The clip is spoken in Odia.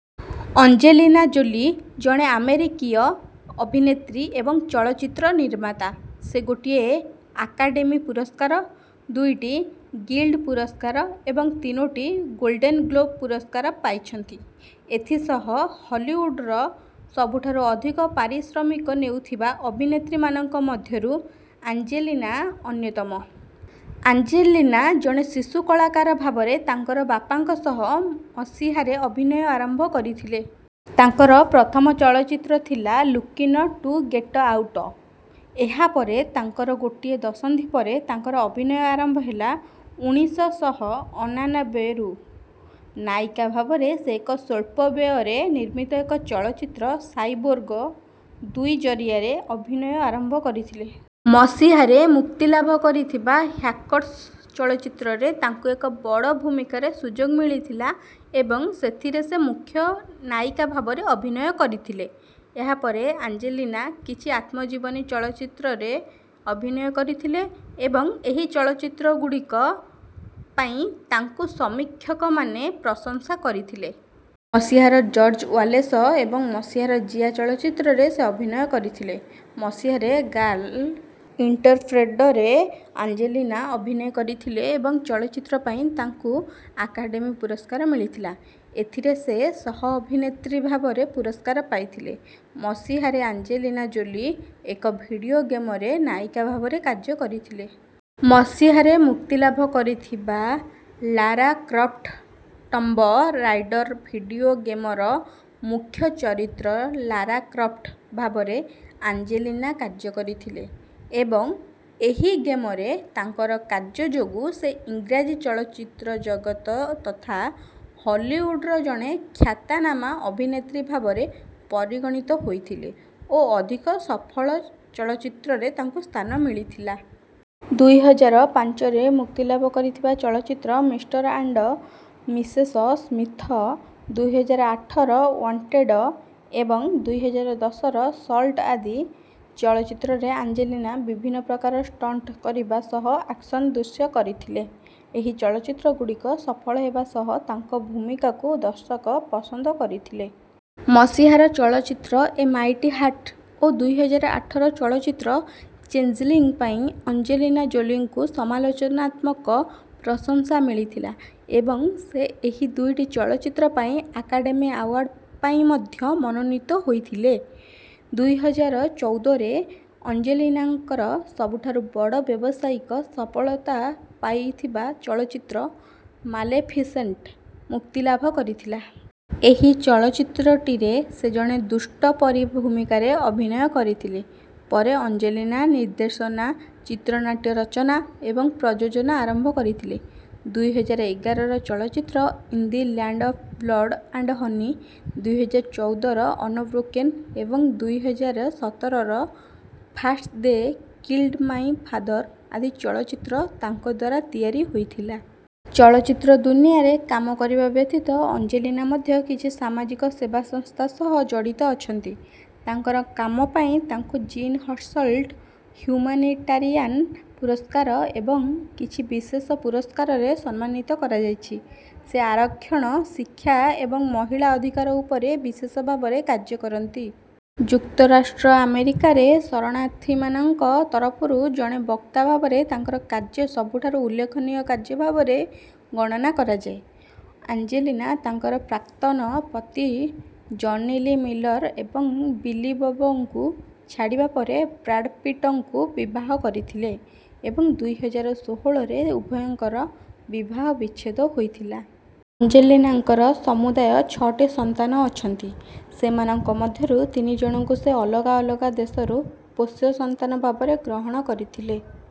ଅଞ୍ଜେଲିନା ଜୋଲି ଜଣେ ଆମେରିକୀୟ ଅଭିନେତ୍ରୀ ଏବଂ ଚଳଚ୍ଚିତ୍ର ନିର୍ମାତା। ସେ ଗୋଟିଏ ଆକାଡେମୀ ପୁରସ୍କାର, ଦୁଇଟି ଗିଲ୍ଡ ପୁରସ୍କାର ଏବଂ ତିନୋଟି ଗୋଲ୍ଡେନ ଗ୍ଲୋବ ପୁରସ୍କାର ପାଇଛନ୍ତି। ଏଥିସହ ହଲିଉଡର ସବୁଠାରୁ ଅଧିକ ପାରିଶ୍ରମିକ ନେଉଥିବା ଅଭିନେତ୍ରୀମାନଙ୍କ ମଧ୍ୟରୁ ଆଞ୍ଜେଲିନା ଅନ୍ୟତମ। ଆଞ୍ଜେଲିନା ଜଣେ ଶିଶୁ କଳାକାର ଭାବରେ ତାଙ୍କର ବାପାଙ୍କ ସହ ମସିହାରେ ଅଭିନୟ ଆରମ୍ଭ କରିଥିଲେ। ତାଙ୍କର ପ୍ରଥମ ଚଳଚ୍ଚିତ୍ର ଥିଲା ଲୁକିନ ଟୁ ଗେଟ ଆଉଟ। ଏହା ପରେ ତାଙ୍କର ଗୋଟିଏ ଦଶନ୍ଧି ପରେ ତାଙ୍କର ଅଭିନୟ ଆରମ୍ଭ ହେଲା ଉଣିଷ ଶହ ଅନାନବେ ରୁ। ନାୟିକା ଭାବରେ ସେ ଏକ ସ୍ୱଳ୍ପ ବ୍ୟୟରେ ନିର୍ମିତ ଏକ ଚଳଚ୍ଚିତ୍ର ସାଇବୋର୍ଗ ଦୁଇ ଜରିଆରେ ଅଭିନୟ ଆରମ୍ଭ କରିଥିଲେ। ମସିହାରେ ମୁକ୍ତିଲାଭ କରିଥିବା ହ୍ୟାକର୍ସ ଚଳଚ୍ଚିତ୍ରରେ ତାଙ୍କୁ ଏକ ବଡ଼ ଭୂମିକାରେ ସୁଯୋଗ ମିଳିଥିଲା ଏବଂ ସେଥିରେ ସେ ମୁଖ୍ୟ ନାୟିକା ଭାବରେ ଅଭିନୟ କରିଥିଲେ। ଏହାପରେ ଆଞ୍ଜେଲିନା କିଛି ଆତ୍ମଜୀବନୀ ଚଳଚ୍ଚିତ୍ରରେ ଅଭିନୟ କରିଥିଲେ ଏବଂ ଏହି ଚଳଚ୍ଚିତ୍ରଗୁଡ଼ିକ ପାଇଁ ତାଙ୍କୁ ସମୀକ୍ଷକମାନେ ପ୍ରଶଂସା କରିଥିଲେ। ମସିହାର ଜର୍ଜ ୱାଲେସ ଏବଂ ମସିହାର ଜିଆ ଚଳଚ୍ଚିତ୍ରରେ ସେ ଅଭିନୟ କରିଥିଲେ। ମସିହାରେ ଗାର୍ଲ ଇଣ୍ଟରପ୍ଟେଡରେ ଆଞ୍ଜେଲିନା ଅଭିନୟ କରିଥିଲେ ଏବଂ ଚଳଚ୍ଚିତ୍ର ପାଇଁ ତାଙ୍କୁ ଆକାଡେମୀ ପୁରସ୍କାର ମିଳିଥିଲା। ଏଥିରେ ସେ ସହ-ଅଭିନେତ୍ରୀ ଭାବରେ ପୁରସ୍କାର ପାଇଥିଲେ। ମସିହାରେ ଆଞ୍ଜେଲିନା ଜୋଲି ଏକ ଭିଡିଓ ଗେମରେ ନାୟିକା ଭାବରେ କାର୍ଯ୍ୟ କରିଥିଲେ। ମସିହାରେ ମୁକ୍ତିଲାଭ କରିଥିବା Lara Croft Tomb Raider video ଗେମର ମୁଖ୍ୟ ଚରିତ୍ର ଲାରା କ୍ରଫ୍ଟ ଭାବରେ ଆଞ୍ଜେଲିନା କାର୍ଯ୍ୟ କରିଥିଲେ ଏବଂ ଏହି ଗେମରେ ତାଙ୍କର କାର୍ଯ୍ୟ ଯୋଗୁଁ ସେ ଇଂରାଜୀ ଚଳଚ୍ଚିତ୍ର ଜଗତ ତଥା ହଲିଉଡର ଜଣେ ଖ୍ୟାତାନାମା ଅଭିନେତ୍ରୀ ଭାବରେ ପରିଗଣିତ ହୋଇଥିଲେ ଓ ଅଧିକ ସଫଳ ଚଳଚ୍ଚିତ୍ରରେ ତାଙ୍କୁ ସ୍ଥାନ ମିଳିଥିଲା। ଦୁଇ ହଜାର ପାଞ୍ଚରେ ମୁକ୍ତିଲାଭ କରିଥିବା ଚଳଚ୍ଚିତ୍ର ମିଷ୍ଟର ଆଣ୍ଡ ମିସେସ ସ୍ମିଥ, ଦୁଇ ହଜାର ଆଠର ୱାଣ୍ଟେଡ ଏବଂ ଦୁଇ ହଜାର ଦଶର ସଲ୍ଟ ଆଦି ଚଳଚ୍ଚିତ୍ରରେ ଆଞ୍ଜେଲିନା ବିଭିନ୍ନ ପ୍ରକାର ଷ୍ଟଣ୍ଟ କରିବା ସହ ଆକ୍ସନ ଦୃଶ୍ୟ କରିଥିଲେ। ଏହି ଚଳଚ୍ଚିତ୍ରଗୁଡ଼ିକ ସଫଳ ହେବା ସହ ତାଙ୍କ ଭୂମିକାକୁ ଦର୍ଶକ ପସନ୍ଦ କରିଥିଲେ। ମସିହାର ଚଳଚ୍ଚିତ୍ର ଏ ମାଇଟି ହାର୍ଟ ଓ ଦୁଇ ହଜାର ଆଠର ଚଳଚ୍ଚିତ୍ର ଚେଞ୍ଜଲିଂ ପାଇଁ ଅଞ୍ଜେଲିନା ଜୋଲିଙ୍କୁ ସମାଲୋଚନାତ୍ମକ ପ୍ରଶଂସା ମିଳିଥିଲା ଏବଂ ସେ ଏହି ଦୁଇଟି ଚଳଚ୍ଚିତ୍ର ପାଇଁ ଆକାଡେମୀ ଆୱାର୍ଡ଼ ପାଇଁ ମଧ୍ୟ ମନୋନୀତ ହୋଇଥିଲେ। ଦୁଇ ହଜାର ଚୌଦରେ ଅଞ୍ଜେଲିନାଙ୍କର ସବୁଠାରୁ ବଡ଼ ବ୍ୟବସାୟିକ ସଫଳତା ପାଇଥିବା ଚଳଚ୍ଚିତ୍ର ମାଲେଫିସେଣ୍ଟ ମୁକ୍ତିଲାଭ କରିଥିଲା। ଏହି ଚଳଚ୍ଚିତ୍ରଟିରେ ସେ ଜଣେ ଦୁଷ୍ଟ ପରୀ ଭୂମିକାରେ ଅଭିନୟ କରିଥିଲେ। ପରେ ଅଞ୍ଜେଲିନା ନିର୍ଦ୍ଦେଶନା, ଚିତ୍ରନାଟ୍ୟ ରଚନା ଏବଂ ପ୍ରଯୋଜନା ଆରମ୍ଭ କରିଥିଲେ। ଦୁଇ ହଜାର ଏଗାରର ଚଳଚ୍ଚିତ୍ର in the land of blood and honey, ଦୁଇ ହଜାର ଚୌଦର ଅନବ୍ରୋକେନ ଏବଂ ଦୁଇ ହଜାର ସତରର first they killed my father ଆଦି ଚଳଚ୍ଚିତ୍ର ତାଙ୍କ ଦ୍ୱାରା ତିଆରି ହୋଇଥିଲା। ଚଳଚ୍ଚିତ୍ର ଦୁନିଆରେ କାମ କରିବା ବ୍ୟତୀତ ଅଞ୍ଜେଲିନା ମଧ୍ୟ କିଛି ସାମାଜିକ ସେବା ସଂସ୍ଥା ସହ ଜଡ଼ିତ ଅଛନ୍ତି। ତାଙ୍କର କାମ ପାଇଁ ତାଙ୍କୁ ଜୀନ ହର୍ସଲ୍ଟ ହ୍ୟୁମାନିଟାରିଆନ ପୁରସ୍କାର ଏବଂ କିଛି ବିଶେଷ ପୁରସ୍କାରରେ ସମ୍ମାନିତ କରାଯାଇଛି। ସେ ଆରକ୍ଷଣ, ଶିକ୍ଷା ଏବଂ ମହିଳା ଅଧିକାର ଉପରେ ବିଶେଷ ଭାବରେ କାର୍ଯ୍ୟ କରନ୍ତି। ଯୁକ୍ତରାଷ୍ଟ୍ର ଆମେରିକାରେ ଶରଣାର୍ଥୀମାନଙ୍କ ତରଫରୁ ଜଣେ ବକ୍ତା ଭାବରେ ତାଙ୍କର କାର୍ଯ୍ୟ ସବୁଠାରୁ ଉଲ୍ଲେଖନୀୟ କାର୍ଯ୍ୟ ଭାବରେ ଗଣନା କରାଯାଏ। ଆଞ୍ଜେଲିନା ତାଙ୍କର ପ୍ରାକ୍ତନ ପତି ଜନି ଲୀ ମିଲର ଏବଂ ବିଲି ବବଙ୍କୁ ଛାଡ଼ିବା ପରେ ବ୍ରାଡ ପିଟଙ୍କୁ ବିବାହ କରିଥିଲେ ଏବଂ ଦୁଇ ହଜାର ଷୋହଳରେ ଉଭୟଙ୍କର ବିବାହ ବିଚ୍ଛେଦ ହୋଇଥିଲା। ଅଞ୍ଜେଲିନାଙ୍କର ସମୁଦାୟ ଛଅଟି ସନ୍ତାନ ଅଛନ୍ତି, ସେମାନଙ୍କ ମଧ୍ୟରୁ ତିନି ଜଣଙ୍କୁ ସେ ଅଲଗା ଅଲଗା ଦେଶରୁ ପୋଷ୍ୟ ସନ୍ତାନ ଭାବରେ ଗ୍ରହଣ କରିଥିଲେ।